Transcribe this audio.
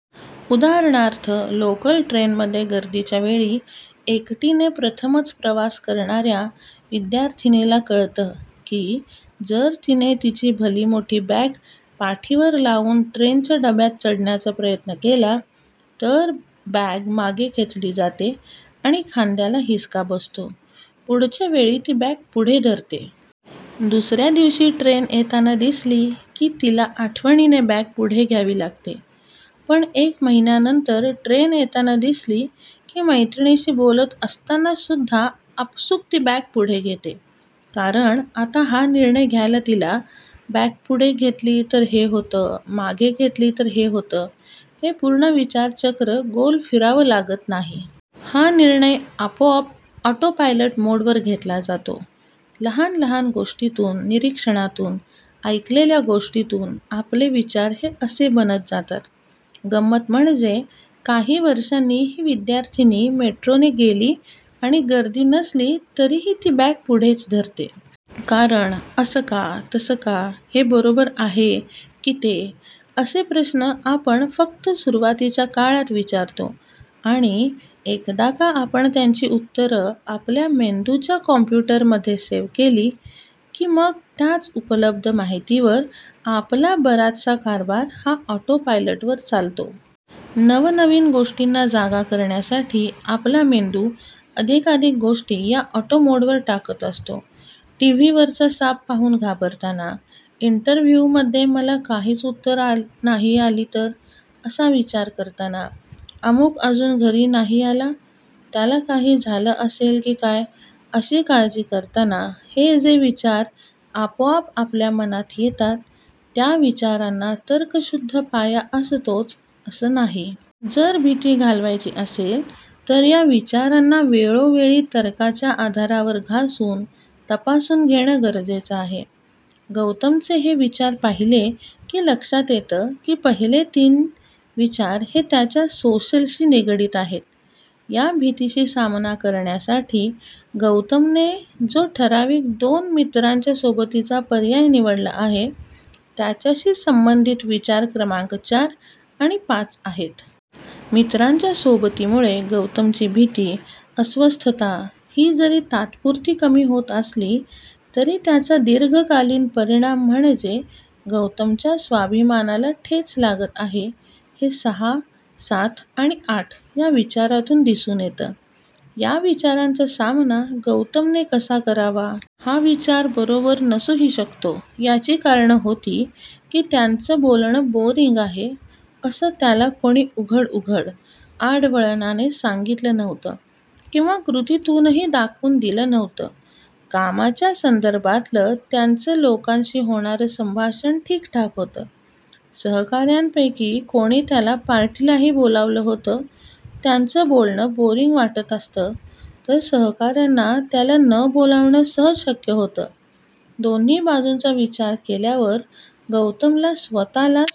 उदाहरणार्थ लोकल ट्रेनमध्ये गर्दीच्या वेळी एकटीने प्रथमच प्रवास करणाऱ्या विद्यार्थिनीला कळतं की जर तिने तिची भली मोठी बॅग पाठीवर लावून ट्रेनच्या डब्यात चढण्याचा प्रयत्न केला तर बॅग मागे खेचली जाते आणि खांद्याला हिसका बसतो, पुढच्या वेळी ती बॅग पुढे धरते. दुसऱ्या दिवशी ट्रेन येताना दिसली की तिला आठवणीने बॅग पुढे घ्यावी लागते. पण एक महिन्यानंतर ट्रेन येताना दिसली की मैत्रिणीशी बोलत असतानासुद्धा आपसूक ती बॅग पुढे घेते. कारण आता हा निर्णय घ्यायला तिला, बॅग पुढे घेतली तर हे होतं, मागे घेतली तर ते होतं, हे पूर्ण विचारचक्र गोल फिरावं लागत नाही. हा निर्णय आपोआप ऑटोपायलट मोडवर घेतला जातो. लहान लहान गोष्टींतून, निरीक्षणांतून, ऐकलेल्या गोष्टींतून आपले विचार हे असे बनत जातात. गंमत म्हणजे काही वर्षांनी ही विद्यार्थिनी मेट्रोने गेली आणि गर्दी नसली तरीही ती बॅग पुढेच धरते. कारण, असं का, तसं का, हे बरोबर आहे की ते, असे प्रश्न आपण फक्त सुरुवातीच्या काळात विचारतो आणि एकदा का आपण त्यांची उत्तरं आपल्या मेंदूच्या कॉम्प्युटरमध्ये सेव्ह केली की मग त्याच उपलब्ध माहितिवर आपला बराचसा कारभार हा ऑटोपायलटवर चालतो. नवनवीन गोष्टींना जागा करण्यासाठी आपला मेंदू अधिकाधिक गोष्टी या ऑटो मोडवर टाकत असतो. टीव्हीवरचा साप पाहून घाबरताना, इंटरव्ह्यूमध्ये मला काहीच उत्तरं नाही आली तर, असा विचार करताना, अमूक अजून घरी नाही आला, त्याला काही झालं असेल की काय, अशी काळजी करताना हे जे विचार आपोआप आपल्या मनात येतात त्या विचारांना तर्कशुद्ध पाया असतोच असं नाही. जर भीती घालवायची असेल तर या विचारांना वेळोवेळी तर्काच्या आधारावर घासून, तपासून घेणं गरजेचं आहे. गौतमचे हे विचार पाहिले की लक्षात येतं की पहिले तीन विचार हे त्याच्या सोशलशी निगडीत आहेत. या भीतीशी सामना करण्यासाठी गौतमने जो ठराविक दोन मित्रांच्या सोबतीचा पर्याय निवडला आहे, त्याच्याशी संबंधित विचार क्रमांक चार आणि पाच आहेत. मित्रांच्या सोबतीमुळे गौतमची भीती, अस्वस्थता ही जरी तात्पुरती कमी होत असली तरी त्याचा दीर्घकालीन परिणाम म्हणजे गौतमच्या स्वाभिमानाला ठेच लागत आहे, हे सहा, सात आणि आठ या विचारांतून दिसून येतं. या विचारांचा सामना गौतमने कसा करावा? हा विचार बरोबर नसूही शकतो, याची कारणं होती की त्याचं बोलणं बोअरिंग आहे असं त्याला कोणी उघड उघड, आड वळणाने सांगितलं नव्हतं किंवा कृतीतूनही दाखवून दिलं नव्हतं. कामाच्या संदर्भातलं त्याचं लोकांशी होणारं संभाषण ठीकठाक होतं, सहकाऱ्यांपैकी कोणी त्याला पार्टीलाही बोलावलं होतं, त्याचं बोलणं बोअरिंग वाटत असतं तर सहकाऱ्यांना त्याला न बोलावणं सहज शक्य होतं. दोन्ही बाजूंचा विचार केल्यावर गौतमला स्वतःलाच